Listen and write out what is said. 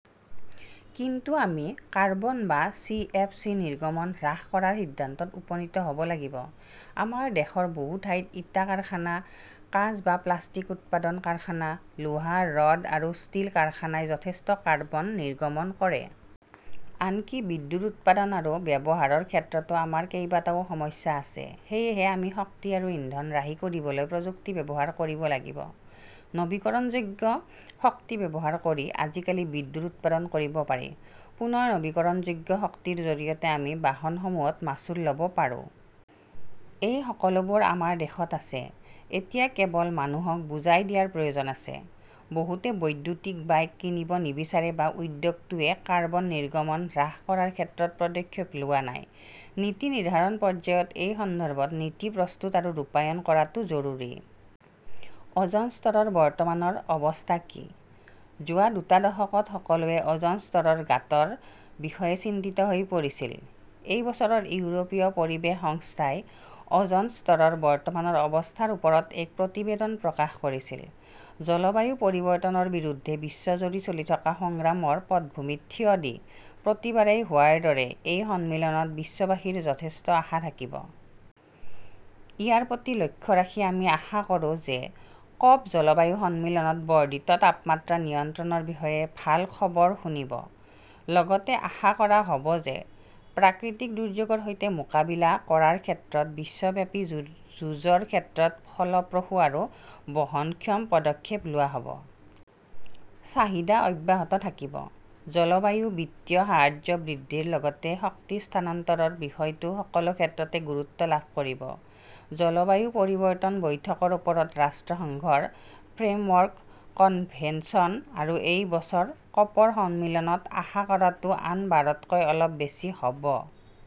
কিন্তু আমি কাৰ্বন বা চি. এফ. চি. নিৰ্গমন হ্ৰাস কৰাৰ সিদ্ধান্তত উপনীত হ ব লাগিব। আমাৰ দেশৰ বহু ঠাইত ইটা, কাৰখানা, কাঁচ বা প্লাষ্টিক উৎপাদন কাৰখানা, লোহা-ৰড আৰু ষ্টীল কাৰখানাই যথেষ্ট কাৰ্বন নিৰ্গমন কৰে। আনকি বিদ্যুৎ উৎপাদন আৰু ব্যৱহাৰৰ ক্ষেত্ৰতো আমাৰ কেইবাটাও সমস্যা আছে। সেয়েহে আমি শক্তি আৰু ইন্ধন ৰাহি কৰিবলৈ প্ৰযুক্তি ব্যৱহাৰ কৰিব লাগিব। নৱীকৰণযোগ্য শক্তি ব্যৱহাৰ কৰি আজিকালি বিদ্যুৎ উৎপাদন কৰিব পাৰি। পুনৰ নৱীকৰণযোগ্য শক্তিৰ জৰিয়তেহে আমি বাহনসমূহত মাচুল ল'ব পাৰোঁ। এই সকলোবোৰ আমাৰ দেশত আছে। এতিয়া কেৱল মানুহক বুজাই দিয়াৰ প্ৰয়োজন আছে। বহুতে বৈদ্যুতিক বাইক কিনিব নিবিচাৰে বা উদ্যোগটোৱে কাৰ্বন নিৰ্গমন হ্ৰাস কৰাৰ ক্ষেত্ৰত পদক্ষেপ লোৱা নাই। নীতি নিৰ্ধাৰণ পৰ্যায়ত এই সন্দৰ্ভত নীতি প্ৰস্তুত আৰু ৰূপায়ণ কৰাটো জৰুৰী। অ'জন স্তৰৰ বৰ্তমানৰ অৱস্থা কি? যোৱা দুটা দশকত সকলোৱে অ'জন স্তৰৰ গাঁতৰ বিষয়ে চিন্তিত হৈ পৰিছিল। এই বছৰ ইউৰোপীয় পৰিৱেশ সংস্থাই অ'জন স্তৰৰ বৰ্তমানৰ অৱস্থাৰ ওপৰত এক প্ৰতিবেদন প্ৰকাশ কৰিছিল। জলবায়ু পৰিৱৰ্তনৰ বিৰুদ্ধে বিশ্বজুৰি চলি থকা সংগ্ৰামৰ পটভূমিত থিয় দি, প্ৰতিবাৰেই হোৱাৰ দৰে এই সন্মিলনত বিশ্ববাসীৰ যথেষ্ট আশা থাকিব। ইয়াৰ প্ৰতি লক্ষ্য ৰাখি আমি আশা কৰোঁ যে কপ- জলবায়ু সন্মিলনত বৰ্ধিত তাপমাত্ৰা নিয়ন্ত্ৰণৰ বিষয়ে ভাল খবৰ শুনিব। লগতে আশা কৰা হ'ব যে প্ৰাকৃতিক দুৰ্যোগৰ সৈতে মোকাবিলা কৰাৰ ক্ষেত্ৰত বিশ্বব্যাপী যুঁজৰ ক্ষেত্ৰত ফলপ্ৰসূ আৰু বহনক্ষম পদক্ষেপ লোৱা হ'ব। চাহিদা অব্যাহত থাকিব, জলবায়ু বিত্তীয় সাহায্য বৃদ্ধিৰ লগতে শক্তি স্থানান্তৰৰ বিষয়টো সকলো ক্ষেত্ৰতে গুৰুত্ব লাভ কৰিব। জলবায়ু পৰিৱৰ্তন বৈঠকৰ ওপৰত ৰাষ্ট্ৰসংঘৰ ফ্ৰেমৱৰ্ক কনভেনচন আৰু এই বছৰ কপৰ সন্মিলনত আশা কৰাটো আন বাৰতকৈ অলপ বেছি হ 'ব।